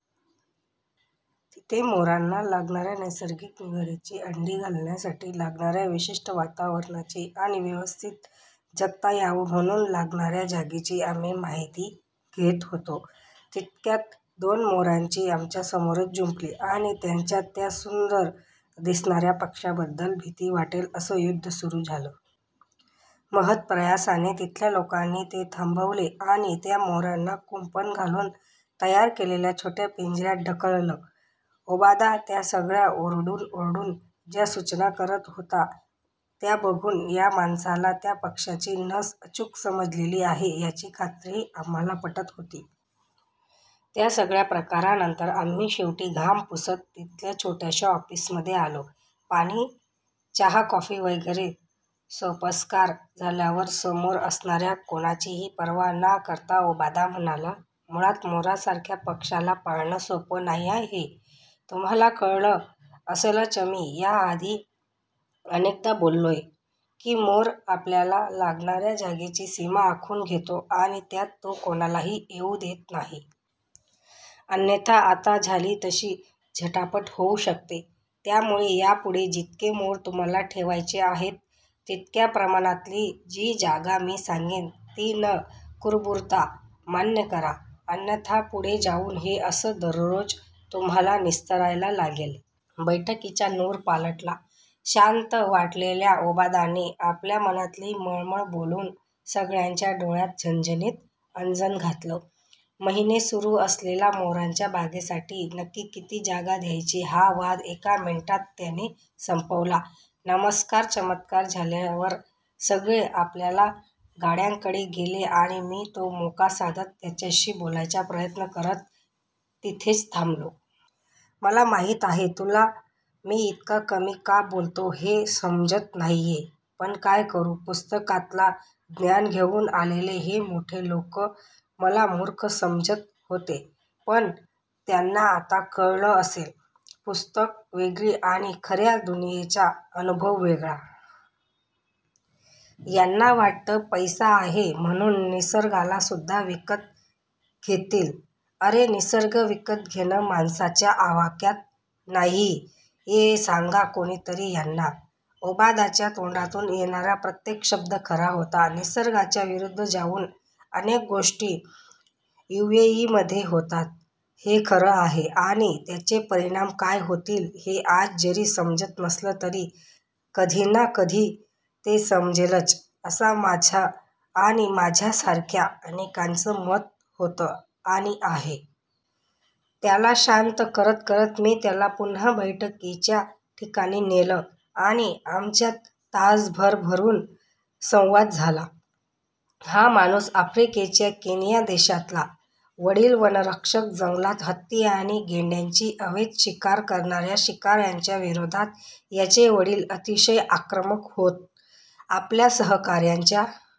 तिथे मोरांना लागणाऱ्या नैसर्गिक निवाऱ्याची, अंडी घालण्यासाठी लागणाऱ्या विशिष्ट वातावरणाची आणि व्यवस्थित जगता यावा म्हणून लागणाऱ्या जागेची आम्ही माहिती घेत होतो. तितक्यात दोन मोरांची आमच्यासमोरच जुंपली आणि त्यांच्यात त्या सुंदर दिसणार्या पक्ष्याबद्दल भीती वाटेल असं युद्ध सुरु झालं. महत्प्रयासाने तिथल्या लोकांनी ते थांबवलं आणि त्या मोरांना कुंपण घालून तयार केलेल्या छोट्या पिंजऱ्यात ढकललं. ओबादा त्या सगळ्या ओरडून ओरडून ज्या सूचना करत होता त्या बघून या माणसाला त्या पक्ष्यांची नस अचूक समजलेली आहे याची खात्री आम्हाला पटत होती. त्या सगळ्या प्रकारानंतर आम्ही शेवटी घाम पुसत तिथल्या छोट्याशा ऑफिसमध्ये आलो. पाणी, चहा-कॉफी वगैरे सोपस्कार झाल्यावर समोर असणाऱ्या कोणाचीही पर्वा ना करता ओबादा म्हणाला, ' मुळात मोरासारख्या पक्ष्याला पाळणं सोपं नाहीये हे तुम्हाला कळलं असेलचमी याआधी अनेकदा बोललोय, की मोर आपल्याला लागणाऱ्या जागेची सीमा आखून घेतो आणि त्यात तो कोणालाही येऊ देत नाही. अन्यथा आत्ता झाली तशी झटापट होऊ शकते. त्यामुळे यापुढे जितके मोर तुम्हाला ठेवायचे आहेत, तितक्या प्रमाणातली जी जागा मी सांगेन, ती न कुरबुरता मान्य करा, अन्यथा पुढे जाऊन हे 'असं' दररोज तुम्हाला निस्तरायला लागेल! 'बैठकीचा नूर पालटला. शांत वाटलेल्या ओबादाने आपल्या मनातली मळमळ बोलून सगळ्यांच्या डोळ्यात झणझणीत अंजन घातलं. महिने सुरु असलेला ' मोरांच्या बागेसाठी नक्की किती जागा द्यायची? ' हा वाद एका मिनिटात त्याने संपवला. नमस्कार चमत्कार झाल्यावर सगळे आपापल्या गाड्यांकडे गेले आणि मी तो मोका साधत त्याच्याशी बोलायचा प्रयत्न करत तिथेच थांबलो. ' मला माहित आहे, तुला मी इतका कमी का बोलतो हे समजत नाहीये, पण काय करू? पुस्तकातला ज्ञान घेऊन आलेले हे मोठे लोक मला मूर्ख समजत होतेपण त्यांना आता कळलं असेल, पुस्तकं वेगळी आणि खऱ्या दुनियेचा अनुभव वेगळा. यांना वाटतं, पैसा आहे म्हणून निसर्गाला सुद्धा विकत घेतीलअरे, निसर्ग विकत घेणं माणसाच्या आवाक्यात नाहीयेसांगा कोणीतरी यांना'ओबादाच्या तोंडातून येणारा प्रत्येक शब्द खरा होता. निसर्गाच्या विरुद्ध जाऊन अनेक गोष्टी यूएई मध्ये होतात, हे खरं आहे आणि त्याचे परिणाम काय होतील, हे आज जरी समजत नसलं तरी कधी ना कधी ते समजेलच, असा माझं आणि माझ्यासारख्या अनेकांचा मत होतं आणि आहे. त्याला शांत करत करत मी त्याला पुन्हा बैठकीच्या ठिकाणी नेलं आणि आमच्यात तास भरभरून संवाद झाला. हा माणूस आफ्रिकेच्या केनिया देशातला. वडील वनरक्षक. जंगलात हत्ती आणि गेंड्यांची अवैध शिकार करणाऱ्या शिकाऱ्यांच्या विरोधात याचे वडील अतिशय आक्रमक होत. आपल्या सहकाऱ्यांच्या